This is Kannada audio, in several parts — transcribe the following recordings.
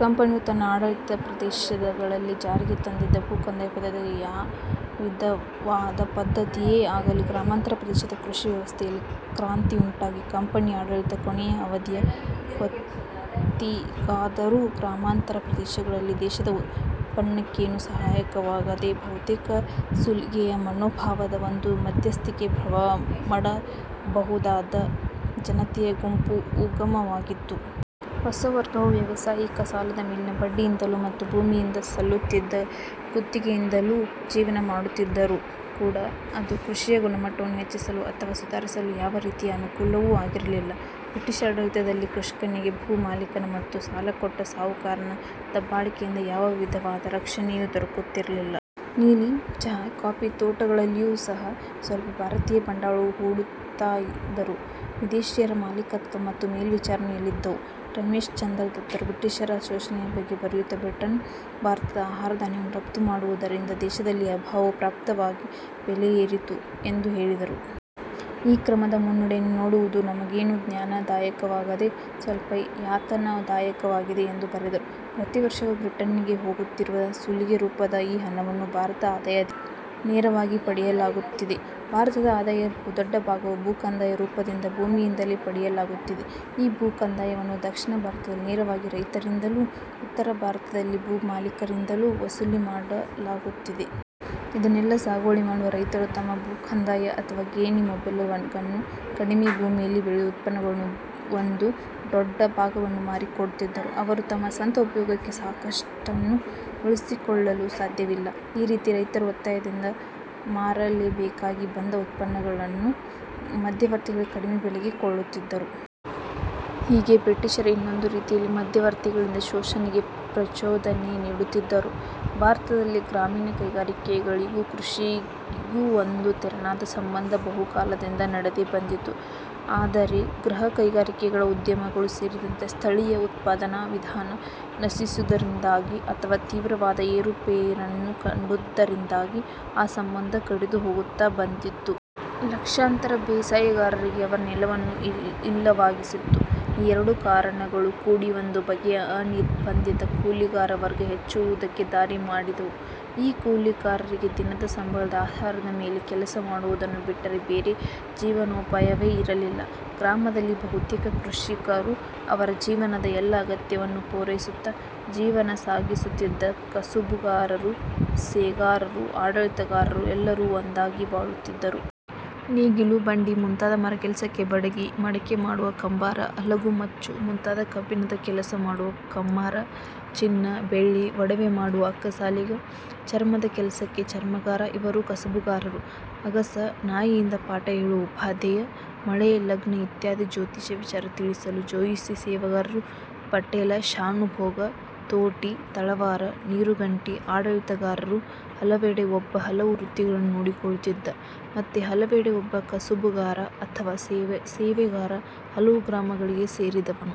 ಕಂಪನಿಯು ತನ್ನ ಆಡಳಿತದ ಪ್ರದೇಶಗಳಲ್ಲಿ ಜಾರಿಗೆ ತಂದಿದ್ದ ಭೂ ಕಂದಾಯ ಪದ್ಧತಿಗಳಲ್ಲಿ ಯಾ ವಿಧವಾದ ಪದ್ಧತಿಯೇ ಆಗಲಿ ಗ್ರಾಮಾಂತರ ಪ್ರದೇಶದ ಕೃಷಿ ವ್ಯವಸ್ಥೆಯಲ್ಲಿ ಕ್ರಾಂತಿಯುಂಟಾಗಿ ಕಂಪನಿ ಆಡಳಿತದ ಕೊನೆಯ ಅವಧಿಯ ಹೊತ್ತಿಗಾದರೂ ಗ್ರಾಮಾಂತರ ಪ್ರದೇಶಗಳಲ್ಲಿ ದೇಶದ ಉತ್ಪನ್ನಕ್ಕೇನೂ ಸಹಾಯಕವಾಗದೆ ಬಹುತೇಕ ಸುಲಿಗೆಯ ಮನೋಭಾವದ ಒಂದು ಮಧ್ಯಸ್ಥಿಕೆ ಪ್ರಭಾವ ಮಡಬಹುದಾದ ಜನತೆಯ ಗುಂಪು ಉಗಮವಾಗಿತ್ತು. ಈ ಹೊಸ ವರ್ಗವು ವ್ಯವಸಾಯಿಕ ಸಾಲದ ಮೇಲಿನ ಬಡ್ಡಿಯಿಂದಲೂ ಮತ್ತು ಭೂಮಿಯಿಂದ ಸಲ್ಲುತ್ತಿದ್ದ ಗುತ್ತಿಗೆಯಿಂದಲೂ ಜೀವನ ಮಾಡುತ್ತಿದ್ದರೂ ಕೂಡ ಅದು ಕೃಷಿಯ ಗುಣಮಟ್ಟವನ್ನು ಹೆಚ್ಚಿಸಲು ಅಥವಾ ಸುಧಾರಿಸಲು ಯಾವ ರೀತಿಯ ಅನುಕೂಲವೂ ಆಗಿರಲಿಲ್ಲ. ಬ್ರಿಟಿಷ್ ಆಡಳಿತದಲ್ಲಿ ಕೃಷಿಕನಿಗೆ ಭೂ ಮಾಲೀಕನ ಮತ್ತು ಸಾಲ ಕೊಟ್ಟ ಸಾಹುಕಾರನ ದಬ್ಬಾಳಿಕೆಯಿಂದ ಯಾವ ವಿಧವಾದ ರಕ್ಷಣೆಯೂ ದೊರಕುತ್ತಿರಲಿಲ್ಲ. ನೀಲಿ, ಚಹ, ಕಾಫಿ ತೋಟಗಳಲ್ಲಿಯೂ ಸಹ ಸ್ವಲ್ಪ ಭಾರತೀಯ ಬಂಡವಾಳವು ಹೂಡಿತ್ತಾದರೂ ವಿದೇಶೀಯರ ಮಾಲೀಕತ್ವ ಮತ್ತು ಮೇಲ್ವಿಚಾರಣೆಯಲ್ಲಿದ್ದವು. ರಮೇಶ್ ಚಂದ್ರ ದತ್ತರು ಬ್ರಿಟಿಷರ ಶೋಷಣೆಯ ಬಗ್ಗೆ ಬರೆಯುತ್ತ ಬ್ರಿಟನ್ ಭಾರತದ ಆಹಾರ ಧಾನ್ಯಗಳನ್ನು ರಫ್ತು ಮಾಡುವುದರಿಂದ ದೇಶದಲ್ಲಿ ಅಭಾವವು ಪ್ರಾಪ್ತವಾಗಿ ಬೆಲೆ ಏರಿತು ಎಂದು ಹೇಳಿದರು. ಈ ಕ್ರಮದ ಮುನ್ನಡೆಯನ್ನು ನೋಡುವುದು ನಮಗೇನು ಜ್ಞಾನದಾಯಕವಾಗದೆ, ಸ್ವಲ್ಪ ಯಾತನದಾಯಕವಾಗಿದೆ ಎಂದು ಬರೆದರು. ಪ್ರತಿವರ್ಷವೂ ಬ್ರಿಟನ್ನಿಗೆ ಹೋಗುತ್ತಿರುವ ಸುಲಿಗೆ ರೂಪದ ಈ ಹಣವನ್ನು ಭಾರತದ ಆದಾಯದಿಂದ ನೇರವಾಗಿ ಪಡೆಯಲಾಗುತ್ತಿದೆ. ಭಾರತದ ಆದಾಯದ ಬಹುದೊಡ್ಡ ಭಾಗವು ಭೂಕಂದಾಯ ರೂಪದಿಂದ ಭೂಮಿಯಿಂದಲೇ ಪಡೆಯಲಾಗುತ್ತಿದೆ. ಈ ಭೂ ಕಂದಾಯವನ್ನು ದಕ್ಷಿಣ ಭಾರತದಲ್ಲಿ ನೇರವಾಗಿ ರೈತರಿಂದಲೂ, ಉತ್ತರ ಭಾರತದಲ್ಲಿ ಭೂಮಾಲೀಕರಿಂದಲೂ ವಸೂಲಿ ಮಾಡಲಾಗುತ್ತಿದೆ. ಇದನ್ನೆಲ್ಲ ಸಾಗುವಳಿ ಮಾಡುವ ರೈತರು ತಮ್ಮ ಭೂಕಂದಾಯ ಅಥವಾ ಗೇಣಿ ಮೊಬಲಗನ್ನು ಕಡಿಮೆ ಭೂಮಿಯಲ್ಲಿ ಬೆಳೆದ ಉತ್ಪನ್ನಗಳ ಒಂದು ಡೊಡ್ಡ ಭಾಗವನ್ನು ಮಾರಿ ಕೊಡುತ್ತಿದ್ದರು. ಅವರು ತಮ್ಮ ಸ್ವಂತ ಉಪಯೋಗಕ್ಕೆ ಸಾಕಷ್ಟನ್ನು ಉಳಿಸಿಕೊಳ್ಳಲು ಸಾಧ್ಯವಿಲ್ಲ. ಈ ರೀತಿ ರೈತರು ಒತ್ತಾಯದಿಂದ ಮಾರಲೇಬೇಕಾಗಿ ಬಂದ ಉತ್ಪನ್ನಗಳನ್ನು ಮಧ್ಯವರ್ತಿಗಳು ಕಡಿಮೆ ಬೆಲೆಗೆ ಕೊಳ್ಳುತ್ತಿದ್ದರು. ಹೀಗೆ ಬ್ರಿಟಿಷರೇ ಇನ್ನೊಂದು ರೀತಿಯಲ್ಲಿ ಮಧ್ಯವರ್ತಿಗಳಿಂದ ಶೋಷಣೆಗೆ ಪ್ರಚೋದನೆ ನೀಡುತ್ತಿದ್ದರು. ಭಾರತದಲ್ಲಿ ಗ್ರಾಮೀಣ ಕೈಗಾರಿಕೆಳಿಗೂ ಕೃಷಿಗೂ ಒಂದು ತೆರನಾದ ಸಂಬಂಧ ಬಹುಕಾಲದಿಂದ ನಡೆದು ಬಂದಿತ್ತು. ಆದರೆ ಗೃಹ ಕೈಗಾರಿಕೆಗಳ ಉದ್ಯಮಗಳು ಸೇರಿದಂತೆ ಸ್ಥಳೀಯ ಉತ್ಪಾದನಾ ವಿಧಾನ ನಶಿಸಿದುದರಿಂದಾಗಿ ಅಥವಾ ತೀವ್ರವಾದ ಏರುಪೇರನ್ನು ಕಂಡುದರಿಂದಾಗಿ ಆ ಸಂಬಂಧ ಕಡಿದು ಹೋಗುತ್ತ ಬಂದಿತು. ಲಕ್ಷಾಂತರ ಬೇಸಾಯಗಾರರಿಗೆ ಅವರ ನೆಲವನ್ನು ಇಲ್ಲವಾಗಿಸಿತ್ತು. ಈ ಎರಡು ಕಾರಣಗಳೂ ಕೂಡಿ ಒಂದು ಬಗೆಯ ಅನಿರ್ಬಂಧಿತ ಕೂಲಿಗಾರ ವರ್ಗ ಹೆಚ್ಚುವುದಕ್ಕೆ ದಾರಿ ಮಾಡಿದವು. ಈ ಕೂಲಿಗಾರರಿಗೆ ದಿನದ ಸಂಬಳದ ಆಧಾರದ ಮೇಲೆ ಕೆಲಸ ಮಾಡುವುದನ್ನು ಬಿಟ್ಟರೆ ಬೇರೆ ಜೀವನೋಪಾಯವೇ ಇರಲಿಲ್ಲ. ಗ್ರಾಮದಲ್ಲಿ ಬಹುತೇಕ ಕೃಷಿಕರು ಅವರ ಜೀವನದ ಎಲ್ಲ ಅಗತ್ಯವನ್ನು ಪೂರೈಸುತ್ತ ಜೀವನ ಸಾಗಿಸುತ್ತಿದ್ದ ಕಸುಬುಗಾರರು, ಸೇಗಾರರು, ಆಡಳಿತಗಾರರು ಎಲ್ಲರೂ ಒಂದಾಗಿ ಬಾಳುತ್ತಿದ್ದರು. ನೇಗಿಲು, ಬಂಡಿ ಮುಂತಾದ ಮರಗೆಲಸಕ್ಕೆ ಬಡಗಿ, ಮಡಕೆ ಮಾಡುವ ಕುಂಬಾರ, ಅಲಗು ಮಚ್ಚು ಮುಂತಾದ ಕಬ್ಬಿಣದ ಕೆಲಸ ಮಾಡುವ ಕಮ್ಮಾರ, ಚಿನ್ನ, ಬೆಳ್ಳಿ ಒಡವೆ ಮಾಡುವ ಅಕ್ಕಸಾಲಿಗ, ಚರ್ಮದ ಕೆಲಸಕ್ಕೆ ಚರ್ಮಗಾರ ಇವರು ಕಸುಬುಗಾರರು. ಅಗಸ, ನಾಯಿಂದ, ಪಾಠ ಹೇಳುವ ಉಪಾಧ್ಯಾಯ, ಮಳೆ ಲಗ್ನ ಇತ್ಯಾದಿ ಜ್ಯೋತಿಷ್ಯ ವಿಚಾರ ತಿಳಿಸಲು ಜೋಯಿಸ ಸೇವೆಗಾರರು, ಪಟೇಲ, ಶ್ಯಾನುಭೋಗ, ತೋಟಿ, ತಳವಾರ, ನೀರುಗಂಟಿ ಆಡಳಿತಗಾರರು, ಹಲವೆಡೆ ಒಬ್ಬ ಹಲವು ವೃತ್ತಿಗಳನ್ನು ನೋಡಿಕೊಳ್ಳುತ್ತಿದ್ದ, ಮತ್ತೆ ಹಲವೆಡೆ ಒಬ್ಬ ಕಸಬುಗಾರ ಅಥವಾ ಸೇವೆಗಾರ ಹಲವು ಗ್ರಾಮಗಳಿಗೆ ಸೇರಿದವನು.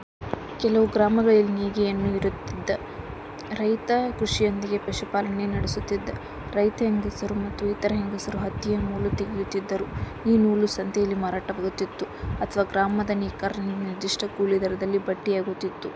ಕೆಲವು ಗ್ರಾಮಗಳಲ್ಲಿ ನೇಯ್ಗೆಯನೂ ಇರುತ್ತಿದ್ದ. ರೈತ ಕೃಷಿಯೊಂದಿಗೆ ಪಶುಪಾಲನೆ ನಡೆಸುತ್ತಿದ್ದ. ರೈತ ಹೆಂಗಸರು ಮತ್ತು ಇತರ ಹೆಂಗಸರು ಹತ್ತಿಯ ಮೂಲು ತೆಗೆಯುತ್ತಿದ್ದರು. ಈ ನೂಲು ಸಂತೆಯಲ್ಲಿ ಮಾರಾಟವಾಗುತ್ತಿತ್ತು ಅಥವಾ ಗ್ರಾಮದ ನೇಕಾರರಿಂದ ನಿರ್ದಿಷ್ಟ ಕೂಲಿ ದರದಲ್ಲಿ ಬಟ್ಟೆಯಾಗುತ್ತಿತ್ತು.